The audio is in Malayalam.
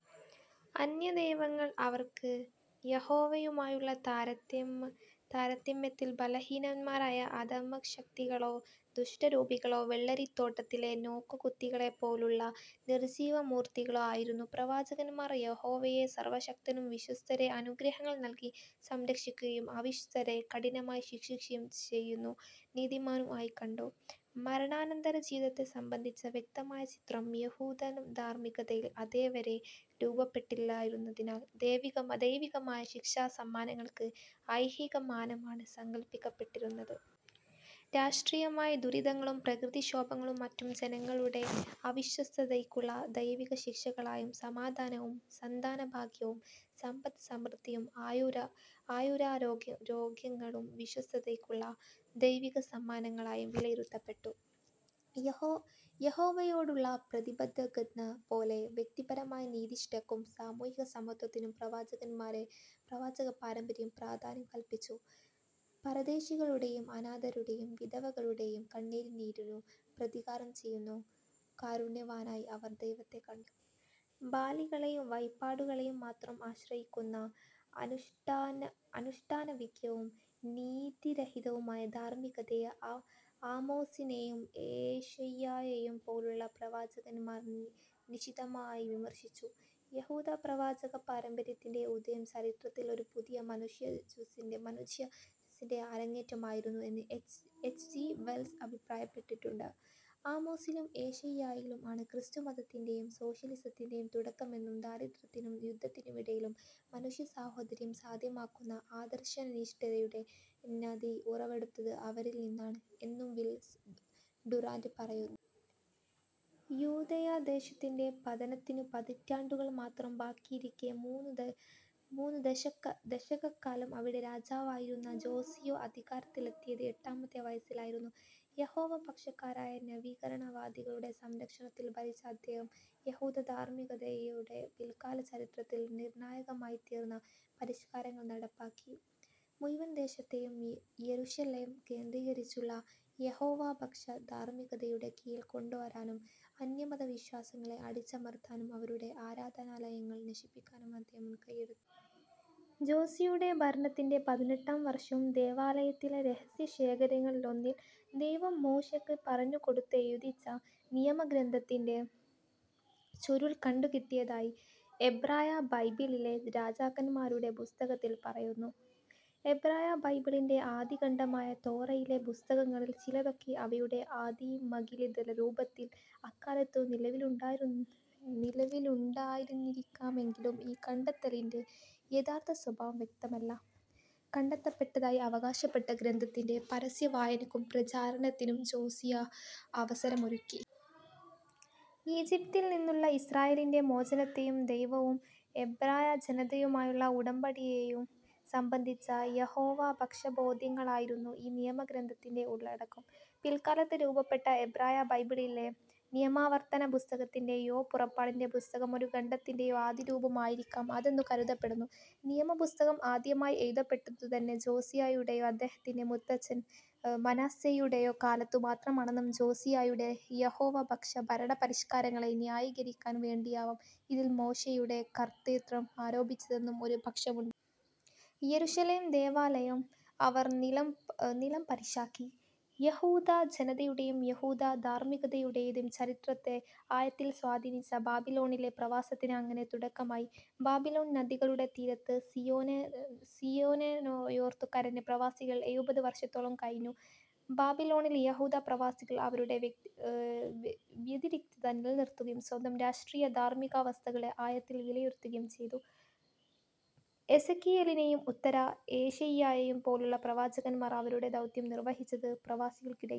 അന്യദൈവങ്ങൾ അവർക്ക് യഹോവയുമായുള്ള താരതമ്യത്തിൽ ബലഹീനന്മാരായ അധമശക്തികളോ, ദുഷ്ടരൂപികളോ, വെള്ളരിത്തോട്ടത്തിലെ നോക്കുകുത്തികളെപ്പോലുള്ള നിർജ്ജീവമൂർത്തികളോ ആയിരുന്നു. പ്രവാചകന്മാർ യഹോവയെ സർവശക്തനും വിശ്വസ്തരെ അനുഗ്രഹങ്ങൾ നൽകി സംരക്ഷിക്കുകയും അവിശ്വസ്തരെ കഠിനമായി ശിക്ഷിക്കുകയും ചെയ്യുന്ന നീതിമാനും ആയി കണ്ടു. മരണാനന്തരജീവിതത്തെ സംബന്ധിച്ച വ്യക്തമായ ചിത്രം യഹൂദധാർമ്മികതയിൽ അതേവരേ രൂപപ്പെട്ടിട്ടില്ലായിരുന്നതിനാൽ ദൈവികമായ ശിക്ഷാസമ്മാനങ്ങൾക്ക് ഐഹികമാനമാണ് സങ്കല്പിക്കപ്പെട്ടിരുന്നത്. രാഷ്ട്രീയമായ ദുരിതങ്ങളും പ്രകൃതിക്ഷോഭങ്ങളും മറ്റും ജനങ്ങളുടെ അവിശ്വസ്തതയ്ക്കുള്ള ദൈവികശിക്ഷകളായും; സമാധാനവും, സന്താനഭാഗ്യവും സമ്പദ്സമൃദ്ധിയും ആയുരാരോഗ്യങ്ങളും വിശ്വസ്തതയ്ക്കുള്ള ദൈവികസമ്മാനങ്ങളായും വിലയിരുത്തപ്പെട്ടു. യഹോവയോടുള്ള പ്രതിബദ്ധതക്കെന്ന പോലെ വ്യക്തിപരമായ നീതിനിഷ്ഠക്കും സാമൂഹികസമത്വത്തിനും പ്രവാചകപാരമ്പര്യം പ്രാധാന്യം കല്പിച്ചു. പരദേശികളുടേയും അനാഥരുടേയും വിധവകളുടേയും കണ്ണുനീരിനു പ്രതികാരം ചെയ്യുന്ന കാരുണ്യവാനായി അവർ ദൈവത്തെ കണ്ടു. ബലികളേയും വഴിപാടുകളേയും മാത്രം ആശ്രയിക്കുന്ന അനുഷ്ഠാനവ്യഗ്രവും നീതിരഹിതവുമായ ധാർമ്മികതയെ ആമോസിനേയുംഏശയ്യായേയും പോലുള്ള പ്രവാചകന്മാർ നിശിതമായി വിമർശിച്ചു. യഹൂദപ്രവാചകപാരമ്പര്യത്തിന്റെ ഉദയം, ചരിത്രത്തിൽ ഒരു പുതിയ മനുഷ്യജനുസ്സിന്റെ അരങ്ങേറ്റമായിരുന്നു എന്ന് എച്ച്. ജി. വെൽസ് അഭിപ്രായപ്പെട്ടിട്ടുണ്ട്. "ആമോസിലും ഏശയ്യായിലും ആണ് ക്രിസ്തുമതത്തിന്റേയും സോഷ്യലിസത്തിന്റേയും തുടക്കമെന്നും ദാരിദ്ര്യത്തിനും യുദ്ധത്തിനുമിടയിലും മനുഷ്യസാഹോദര്യം സാധ്യമാക്കുന്ന ആദർശനിഷ്ഠയുടെ നദി ഉറവെടുത്തത് അവരിൽ നിന്നാണ്" എന്നും വിൽ ഡുറാന്റ് പറയുന്നു. യൂദയാ ദേശത്തിന്റെ പതനത്തിനു പതിറ്റാണ്ടുകൾ മാത്രം ബാക്കിയിരിക്കെ മൂന്നു ദശകക്കാലം അവിടെ രാജാവായിരുന്ന ജോസിയാ അധികാരത്തിലെത്തിയത് എട്ടാമത്തെ വയസ്സിലായിരുന്നു. യഹോവപക്ഷക്കാരായ നവീകരണവാദികളുടെ സംരക്ഷണത്തിൽ ഭരിച്ച അദ്ദേഹം യഹൂദധാർമ്മികതയുടെ പിൽക്കാലചരിത്രത്തിൽ നിർണ്ണായകമായിത്തീർന്ന പരിഷ്കാരങ്ങൾ നടപ്പാക്കി. മുഴുവൻ ദേശത്തേയും യെരുശലേം കേന്ദ്രീകരിച്ചുള്ള യഹോവാപക്ഷ ധാർമ്മികതയുടെ കീഴിൽ കൊണ്ടുവരാനും അന്യമതവിശ്വാസങ്ങളെ അടിച്ചമർത്താനും അവരുടെ ആരാധനാലയങ്ങൾ നശിപ്പിക്കാനും അദ്ദേഹം മുൻകൈയ്യെടുത്തു. ജോസിയായുടെ ഭരണത്തിന്റെ പതിനെട്ടാം വർഷം ദേവാലയത്തിലെ രഹസ്യശേഖരങ്ങളിലൊന്നിൽ, ദൈവം മോശെക്ക് പറഞ്ഞുകൊടുത്തെഴുതിച്ച നിയമഗ്രന്ഥത്തിന്റെ ചുരുൾ കണ്ടുകിട്ടിയതായി എബ്രായബൈബിളിലെ രാജാക്കന്മാരുടെ പുസ്തകത്തിൽ പറയുന്നു. എബ്രായബൈബിളിന്റെ ആദ്യഖണ്ഡമായ തോറയിലെ പുസ്തകങ്ങളിൽ ചിലതൊക്കെ അവയുടെ ആദിമലിഖിതരൂപത്തിൽ അക്കാലത്തു നിലവിലുണ്ടായിരുന്നിരിക്കാമെങ്കിലും ഈ 'കണ്ടെത്തലിന്റെ' യഥാർത്ഥസ്വഭാവം വ്യക്തമല്ല. കണ്ടെത്തപ്പെട്ടതായി അവകാശപ്പെട്ട ഗ്രന്ഥത്തിന്റെ പരസ്യവായനക്കും പ്രചാരണത്തിനും ജോസിയാ അവസരമൊരുക്കി. ഈജിപ്തിൽ നിന്നുള്ള ഇസ്രായേലിന്റെ മോചനത്തേയും ദൈവവും എബ്രായജനതയുമായുള്ള ഉടമ്പടിയേയും സംബന്ധിച്ച യഹോവപക്ഷബോദ്ധ്യങ്ങളായിരുന്നു ഈ നിയമഗ്രന്ഥത്തിന്റെ ഉള്ളടക്കം. പിൽക്കാലത്ത് രൂപപ്പെട്ട എബ്രായബൈബിളിലെ നിയമാവർത്തനപ്പുസ്തകത്തിന്റേയോ, പുറപ്പാടിന്റെ പുസ്തകം ഒരു ഖണ്ഡത്തിന്റേയോ ആദിരൂപം ആയിരിക്കാം അതെന്നു കരുതപ്പെടുന്നു. നിയമപുസ്തകം ആദ്യമായി എഴുതപ്പെട്ടതുതന്നെ ജോസിയായുടെയോ അദ്ദേഹത്തിന്റെ മുത്തച്ഛൻ മനാസ്സേയുടേയോ കാലത്തു മാത്രമാണെന്നും ജോസിയായുടെ യഹോവപക്ഷ ഭരണപരിഷ്കാരങ്ങളെ ന്യായീകരിക്കാൻ വേണ്ടിയാവാം ഇതിൽ മോശയുടെ കർതൃത്വം ആരോപിച്ചതെന്നും ഒരു പക്ഷമുണ്ട്. യെരുശലേം ദേവാലയം അവർ നിലംപരിശാക്കി. യഹൂദജനതയുടേയും യഹൂദധാർമ്മികതയുടേയും ചരിത്രത്തെ ആഴത്തിൽ സ്വാധീനിച്ച ബാബിലോണിലെ പ്രവാസത്തിന് അങ്ങനെ തുടക്കമായി. "ബാബിലോൺ നദികളുടെ തീരത്ത് സിയോനെയോർത്തു കരഞ്ഞ്" പ്രവാസികൾ എഴുപതു വർഷത്തോളം കഴിഞ്ഞു. ബാബിലോണിൽ യഹൂദപ്രവാസികൾ അവരുടെ വ്യതിരിക്തത നിലനിർത്തുകയും സ്വന്തം രാഷ്ട്രീയ-ധാർമ്മികാവസ്ഥകളെ ആഴത്തിൽ വിലയിരുത്തുകയും ചെയ്തു. എസെക്കിയേലിനേയും ഉത്തര-ഏശയ്യായേയും പോലുള്ള പ്രവാചകന്മാർ അവരുടെ ദൗത്യം നിർവഹിച്ചത് പ്രവാസികൾക്കിടയിലായിരുന്നു.